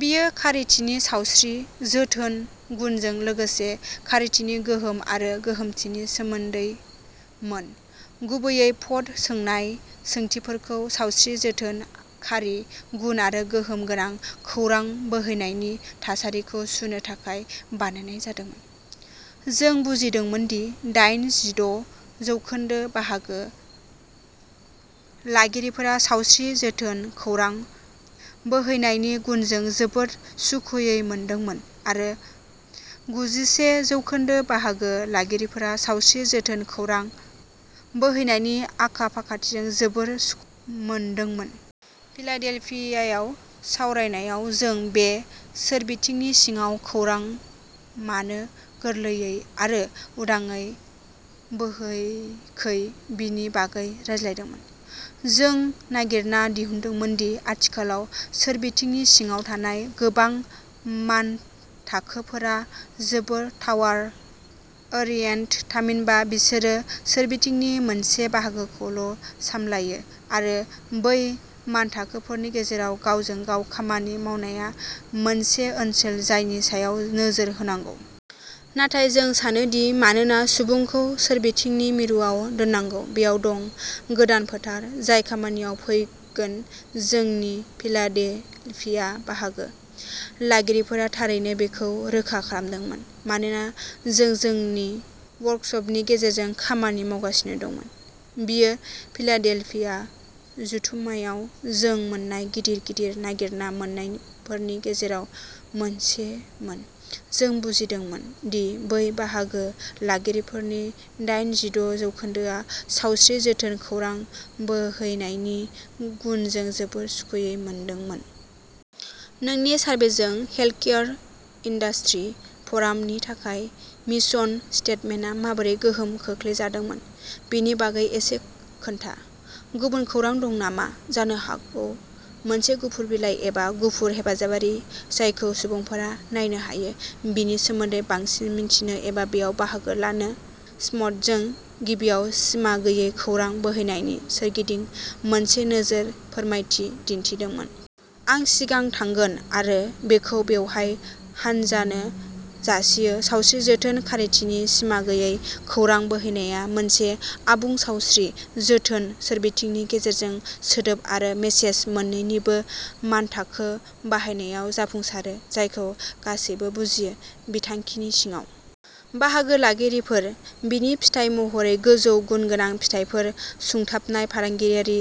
बेयो खारिथिनि सावस्रि जोथोन गुनजों लोगोसे खारिथिनि गोहोम आरो गोहोमथिनि सोमोन्दैमोन गुबैयै भट सोंनाय सोंथिफोरखौ सावस्रि जोथोन खारि गुन आरो गोहोम गोनां खौरां बोहैनायनि थासारिखौ सुनो थाखाय बानायनाय जादोंमोन। जों बुजिदोंमोन दि दाइन जिद' जौखोन्दो बाहागो लागिरिफोरा सावस्रि जोथोन खौरां बोहैनायनि गुनजों जोबोद सुखुयै मोनदोंमोन आरो गुजिसे जौखोन्दो बाहागो लागिरिफोरा सावस्रि जोथोन खौरां बोहैनायनि आखा फाखाथिजों जोबोर मोनदोंमोन। फिलाडेल्फियायाव सावरायनायाव जों बे सोरबिथिंनि सिङाव खौरां मानो गोरलैयै आरो उदाङै बोहैखै बेनि बागै रायज्लायदोंमोन। जों नागिरना दिहुनदोंमोन दि आथिखालाव सोरबिथिंनि सिङाव थानाय गोबां मानथाखोफोरा जोबोद टावार ओरियेन्ट थामहिनबा बिसोरो सोरबिथिंनि मोनसे बाहागोखौल'सामलायो आरो बै मानथाखोफोरनि गेजेराव गावजों गाव खामानि मावनाया मोनसे ओनसोल जायनि सायाव नोजोर होनांगौ। नाथाय जों सानो दि मानोना सुबुंखौ सोरबिथिंनि मिरुआव दोननांगौ बेयाव दं गोदान फोथार जाय खामानियाव फैगोन जोंनि फिलाडेल्फिया बाहागो लागिरिफोरा थारैनो बेखौ रोखा खालामदोंमोन मानोना जों जोंनि वर्कसपनि गेजेरजों खामानि मावगासिनो दंमोन। बेयो फिलाडेल्फिया जथुम्मायाव जों मोन्नाय गिदिर गिदिर नागिरना मोन्नायफोरनि गेजेराव मोनसेमोन जों बुजिदोंमोन दि बै बाहागो लागिरिफोरनि दाइन जिद' जौखोन्दोआ सावस्रि जोथोन खौरां बोहैनायनि गुनजों जोबोद सुखुयै मोनदोंमोन। नोंनि सारभेजों हेल्थकेयार इन्डास्ट्रि फ'रामनि थाखाय मिसन स्टेटमेन्टआ माबोरै गोहोम खोख्लैजादोंमोन बेनि बागै एसे खोन्था गुबुन खौरां दं नामा जानो हागौ मोनसे गुफुर बिलाइ एबा गुबुन हेफाजाबारि जायखौ सुबुंफोरा नायनो हायो बेनि सोमोन्दै बांसिन मिथिनो एबा बेयाव बाहागो लानो श्मिट जों गिबियाव सिमा गैयै खौरां बोहैनायनि सोरगिदिं मोनसे नोजोर फोरमायथि दिन्थिदोंमोन। आं सिगां थांगोन आरो बेखौ बेवहाय हानजानो जासियो सावस्रि जोथोन खारिथिनि सिमा गैयै खौरां बोहैनाया मोनसे आबुं सावस्रि जोथोन सोरबिथिंनि गेजेरजों सोदोब आरो मेसेज मोनैनिबो मानथाखो बानायनायाव जाफुंसारो जायखौ गासैबो बुजियो। बिखान्थिनि सिङाव बाहागो लागिरिफोर बेनि फिथाय महरै गोजौ गुनगोनां फिथायफोर सुंथाबनाय फालांगियारि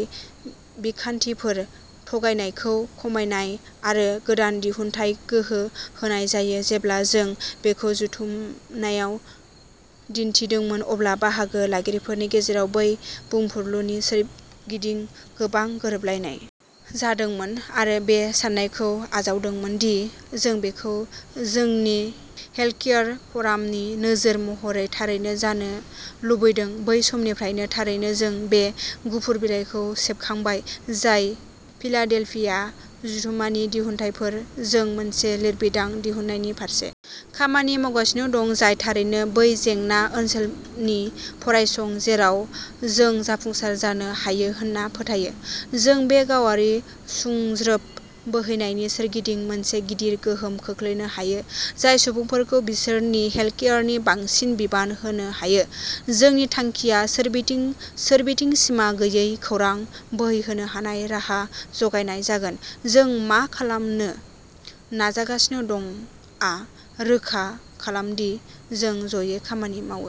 बिखान्थिफोर थगायनायखौ खमायनाय आरो गोदान दिहुनथाइ गोहो होनाय जायो जेब्ला जों बेखौ जथुमनायाव दिन्थिदोंमोन अब्ला बाहागो लागिरिफोरनि गेजेराव बै बुंफुरलुनि सोरगिदिं गोबां गोरोबलायनाय जादोंमोन आरो बे साननायखौ आजावदोंमोन दि जों बेखौ जोंनि हेल्थकेयार फ'रामनि नोजोर महरै थारैनो जानो लुबैदों बै समनिफ्रायनो थारैनो जों बे गुफुर बिलाइखौ सेबखांबाय जाय फिलाडेल्फिया जथुमानि दिहुनथायफोर जों मोनसे लिरबिदां दिहुननायनि फारसे खामानि मावगासिनो दं जाय थारैनो बै जेंना ओनसोलनि फरायसं जेराव जों जाफुंसार जानो हायो होनना फोथायो जों बे गावारि सुंज्रोब बोहैनायनि सोरगिदिं मोनसे गिदिर गोहोम खोख्लैनो हायो जाय सुबुंफोरखौ बिसोरनि हेल्थकेयारनि बांसिन बिबान होनो हायो जोंनि थांखिया सोरबिथिं सोरबिथिं सिमा गैयै खौरां बोहैहोनो हानाय राहा जगायनाय जागोन जों मा खालामनो नाजागासिनो दंआ रोखा खालाम दि जों जयै खामानि मावो।